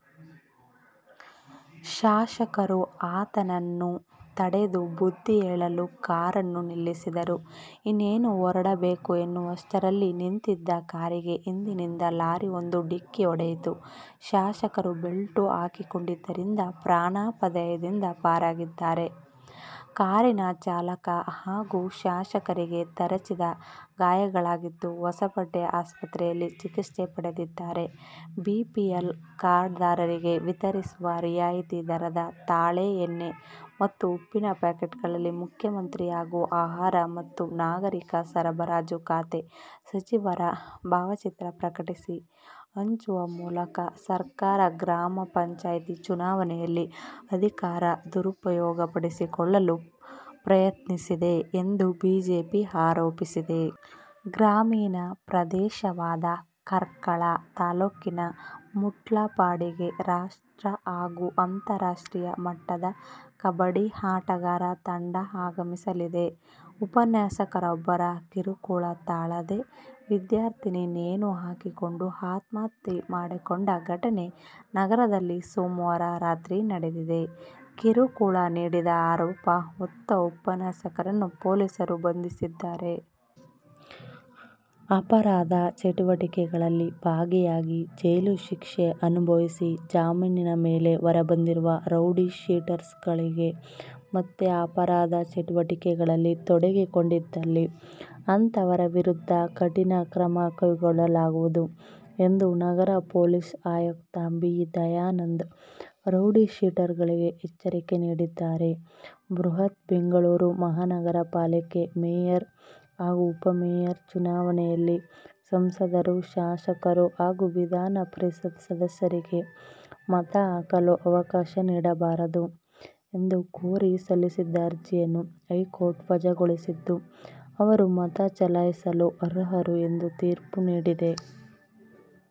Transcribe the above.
ಶಾಸಕರು ಆತನನ್ನು ತಡೆದು ಬುದ್ಧಿ ಹೇಳಲು ಕಾರನ್ನು ನಿಲ್ಲಿಸಿದ್ದರು. ಇನ್ನೇನು ಹೊರಡಬೇಕು ಎನ್ನುವಷ್ಟರಲ್ಲಿ ನಿಂತಿದ್ದ ಕಾರಿಗೆ ಹಿಂದಿನಿಂದ ಲಾರಿಯೊಂದು ಡಿಕ್ಕಿ ಹೊಡೆಯಿತು. ಶಾಸಕರು ಬೆಲ್ಟ್ ಹಾಕಿಕೊಂಡಿದ್ದರಿಂದ ಪ್ರಾಣಾಪಾಯದಿಂದ ಪಾರಾಗಿದ್ದಾರೆ. ಕಾರಿನ ಚಾಲಕ ಹಾಗೂ ಶಾಸಕರಿಗೆ ತರಚಿದ ಗಾಯಗಳಾಗಿದ್ದು, ಹೊಸಪೇಟೆ ಆಸ್ಪತ್ರೆಯಲ್ಲಿ ಚಿಕಿತ್ಸೆ ಪಡೆದಿದ್ದಾರೆ. ಬಿಪಿಎಲ್ ಕಾರ್ಡ್ದಾರರಿಗೆ ವಿತರಿಸುವ ರಿಯಾಯಿತಿ ದರದ ತಾಳೆ ಎಣ್ಣೆ ಮತ್ತು ಉಪ್ಪಿನ ಪ್ಯಾಕೆಟ್ಗಳಲ್ಲಿ ಮುಖ್ಯಮಂತ್ರಿ ಹಾಗೂ ಆಹಾರ ಮತ್ತು ನಾಗರಿಕ ಸರಬರಾಜು ಖಾತೆ ಸಚಿವರ ಭಾವಚಿತ್ರ ಪ್ರಕಟಿಸಿ ಹಂಚುವ ಮೂಲಕ ಸರ್ಕಾರ ಗ್ರಾಮ ಪಂಚಾಯ್ತಿ ಚುನಾವಣೆಯಲ್ಲಿ ಅಧಿಕಾರ ದುರುಪಯೋಗಪಡಿಸಿಕೊಳ್ಳಲು ಪ್ರಯತ್ನಿಸುತ್ತಿದೆ ಎಂದು ಬಿಜೆಪಿ ಆರೋಪಿಸಿದೆ. ಗ್ರಾಮೀಣ ಪ್ರದೇಶವಾದ ಕಾರ್ಕಳ ತಾಲೂಕಿನ ಮುಟ್ಲುಪಾಡಿಗೆ ರಾಷ್ಟ್ರ ಹಾಗೂ ಅಂತಾರಾಷ್ಟ್ರೀಯ ಮಟ್ಟದ ಕಬಡ್ಡಿ ಆಟಗಾರ ತಂಡ ಆಗಮಿಸಲಿದೆ. ಉಪನ್ಯಾಸಕರೊಬ್ಬರ ಕಿರುಕುಳ ತಾಳದೇ ವಿದ್ಯಾರ್ಥಿನಿ ನೇಣು ಹಾಕಿಕೊಂಡು ಆತ್ಮಹತ್ಯೆ ಮಾಡಿಕೊಂಡ ಘಟನೆ ನಗರದಲ್ಲಿ ಸೋಮವಾರ ರಾತ್ರಿ ನಡೆದಿದೆ. ಕಿರುಕುಳ ನೀಡಿದ ಆರೋಪ ಹೊತ್ತ ಉಪನ್ಯಾಸಕನನ್ನು ಪೊಲೀಸರು ಬಂಧಿಸಿದ್ದಾರೆ. ಅಪರಾಧ ಚಟುವಟಿಕೆಗಳಲ್ಲಿ ಭಾಗಿಯಾಗಿ ಜೈಲು ಶಿಕ್ಷೆ ಅನುಭವಿಸಿ ಜಾಮೀನಿನ ಮೇಲೆ ಹೊರಬಂದಿರುವ ರೌಡಿ ಶೀಟರ್ಗಳು ಮತ್ತೆ ಅಪರಾಧ ಚಟುವಟಿಕೆಗಳಲ್ಲಿ ತೊಡಗಿಕೊಂಡಿದ್ದಲ್ಲಿ ಅಂತವರ ವಿರುದ್ಧ ಕಠಿಣ ಕ್ರಮ ಕೈಗೊಳ್ಳಲಾಗುವುದು ಎಂದು ನಗರ ಪೊಲೀಸ್ ಆಯುಕ್ತ ಬಿ. ದಯಾನಂದ್ ರೌಡಿ ಶೀಟರ್ಗಳಿಗೆ ಎಚ್ಚರಿಕೆ ನೀಡಿದ್ದಾರೆ. ಬೃಹತ್ ಬೆಂಗಳೂರು ಮಹಾನಗರ ಪಾಲಿಕೆ ಮೇಯರ್ ಹಾಗೂ ಉಪಮೇಯರ್ ಚುನಾವಣೆಯಲ್ಲಿ ಸಂಸದರು, ಶಾಸಕರು ಹಾಗೂ ವಿಧಾನ ಪರಿಷತ್ ಸದಸ್ಯರಿಗೆ ಮತ ಹಾಕಲು ಅವಕಾಶ ನೀಡಬಾರದು ಎಂದು ಕೋರಿ ಸಲ್ಲಿಸಿದ್ದ ಅರ್ಜಿಯನ್ನು ಹೈಕೋರ್ಟ್ ವಜಾಗೊಳಿಸಿದ್ದು, ಅವರು ಮತ ಚಲಾಯಿಸಲು ಅರ್ಹರು ಎಂದು ತೀರ್ಪು ನೀಡಿದೆ.